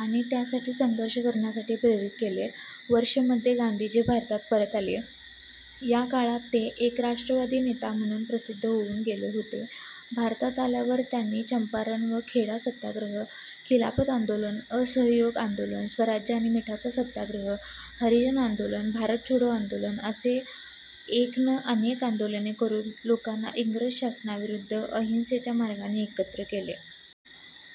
आणि त्यासाठी संघर्ष करण्यासाठी प्रेरित केले. वर्ष मध्ये गांधीजी भारतात परत आले. या काळात ते एक राष्ट्रवादी नेता म्हणून प्रसिद्ध होऊन गेले होते. भारतात आल्यावर त्यांनी चंपारण व खेडा सत्याग्रह, खिलाफत आंदोलन, असहयोग आंदोलन, स्वराज्य आणि मिठाचा सत्याग्रह, हरिजन आंदोलन, भारत छोडो आंदोलन असे एक न अनेक आंदोलने करून लोकांना इंग्रज शासनाविरुद्ध अहिंसेच्या मार्गाने एकत्रित केले.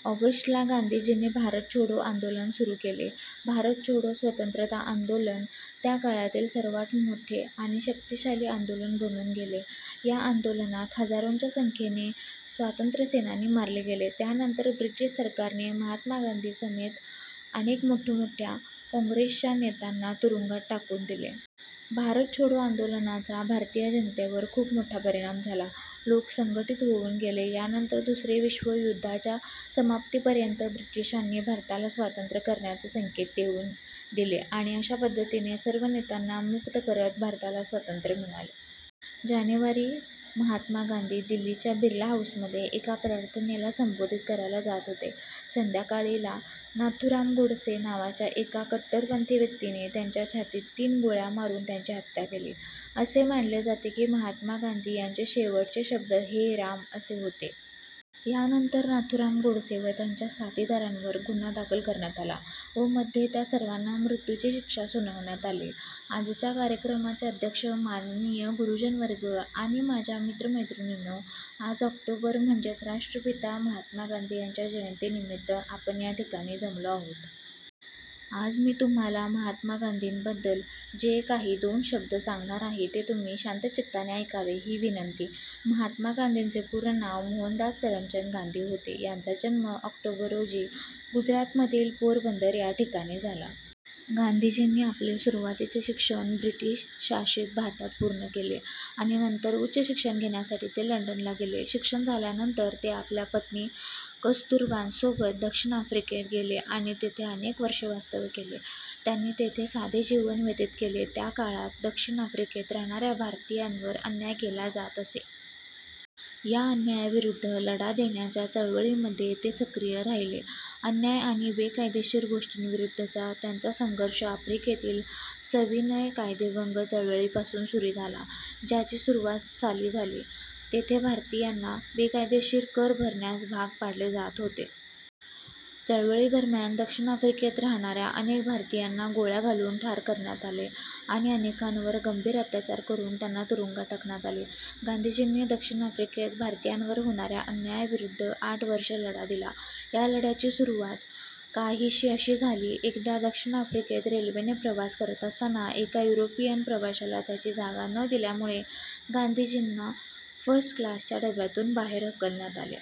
ऑगस्ट ला गांधीजींनी भारत छोडो आंदोलन सुरू केले. भारत छोडो स्वतंत्रता आंदोलन त्या काळातील सर्वात मोठे आणि शक्तिशाली आंदोलन बनून गेले. या आंदोलनात हजारोंच्या संख्येने स्वातंत्र्यसेनानी मारले गेले. यानंतर ब्रिटीश सरकारने महात्मा गांधी समेत अनेक मोठमोठ्या काँग्रेसच्या नेतांना तुरुंगात टाकून दिले. भारत छोडो आंदोलनाचा भारतीय जनतेवर खूप मोठा परिणाम झाला. लोक संघटित होऊन गेले. यानंतर दुसरे विश्व युद्धाच्या समाप्तीपर्यंत ब्रिटिशांनी भारताला स्वातंत्र्य करण्याचे संकेत देऊन दिले आणि अशा पद्धतीने सर्व नेत्यांना मुक्त करत भारताला स्वातंत्र्य मिळाले. जानेवारी महात्मा गांधी दिल्लीच्या बिर्ला हाऊसमध्ये एका प्रार्थनेला संबोधित करायला जात होते. संध्याकाळी ला नाथूराम गोडसे नावाच्या एका कट्टरपंथी व्यक्तीने त्यांच्या छातीत तीन गोळ्या मारून त्यांची हत्या केली. असे मानले जाते की महात्मा गांधी यांचे शेवटचे शब्द 'हे राम' असे होते. यानंतर नाथूराम गोडसे व त्याच्या साथीदारांवर गुन्हा दाखल करण्यात आला व मध्ये त्या सर्वांना मृत्यूची शिक्षा सुनावण्यात आली. आजच्या कार्यक्रमाचे अध्यक्ष, माननीय गुरुजनवर्ग आणि माझ्या मित्र-मैत्रिणींनो. आज ऑक्टोंबर म्हणजेच राष्ट्रपिता महात्मा गांधी यांच्या जयंतीनिमित्त आपण या ठिकाणी जमलो आहोत. आज मी तुम्हाला महात्मा गांधी बद्दल जे काही दोन शब्द सांगणार आहे, ते तुम्ही शांत चित्ताने ऐकावे ही विनंती. महात्मा गांधींचे पूर्ण नाव मोहनदास करमचंद गांधी होते. त्यांचा जन्म ऑक्टोबर रोजी गुजरातमधील पोरबंदर या ठिकाणी झाला. गांधीजींनी आपले सुरुवातीचे शिक्षण ब्रिटिश शासित भारतात पूर्ण केले. आणि नंतर उच्च शिक्षणासाठी ते लंडनला गेले. शिक्षण झाल्यानंतर ते आपल्या पत्नी कस्तुरबांसोबत दक्षिण आफ्रिकेत गेले आणि तेथे अनेक वर्षे वास्तव्य केले. त्यांनी तेथे साधे जीवन व्यतीत केले, त्या काळात दक्षिण आफ्रिकेत राहणा-या भारतीयांवर अन्याय केला जात असे. या अन्यायाविरुद्ध लढा देण्याच्या चळवळींमध्ये ते सक्रिय राहिले. अन्याय आणि बेकायदेशीर गोष्टींविरुद्धचा त्यांचा संघर्ष आफ्रिकेतील सविनय कायदेभंग चळवळीपासून सुरू झाला, ज्याची सुरुवात साली झाली. तेथे भारतीयांना बेकायदेशीर कर भरण्यास भाग पाडले जात होते. चळवळीदरम्यान, दक्षिण आफ्रिकेत राहणाऱ्या अनेक भारतीयांना गोळ्या घालून ठार करण्यात आले आणि अनेकांवर गंभीर अत्याचार करून त्यांना तुरुंगात टाकण्यात आले. गांधीजींनी दक्षिण आफ्रिकेत भारतीयांवर होणाऱ्या अन्यायाविरुद्ध आठ वर्षे लढा दिला. या लढ्याची सुरवात काहीशी अशी झाली, एकदा दक्षिण आफ्रिकेत रेल्वेने प्रवास करत असताना एका युरोपियन प्रवाशाला त्याची जागा न दिल्यामुळे गांधीजींना फर्स्ट क्लासच्या डब्यातून बाहेर हकलण्यात आले.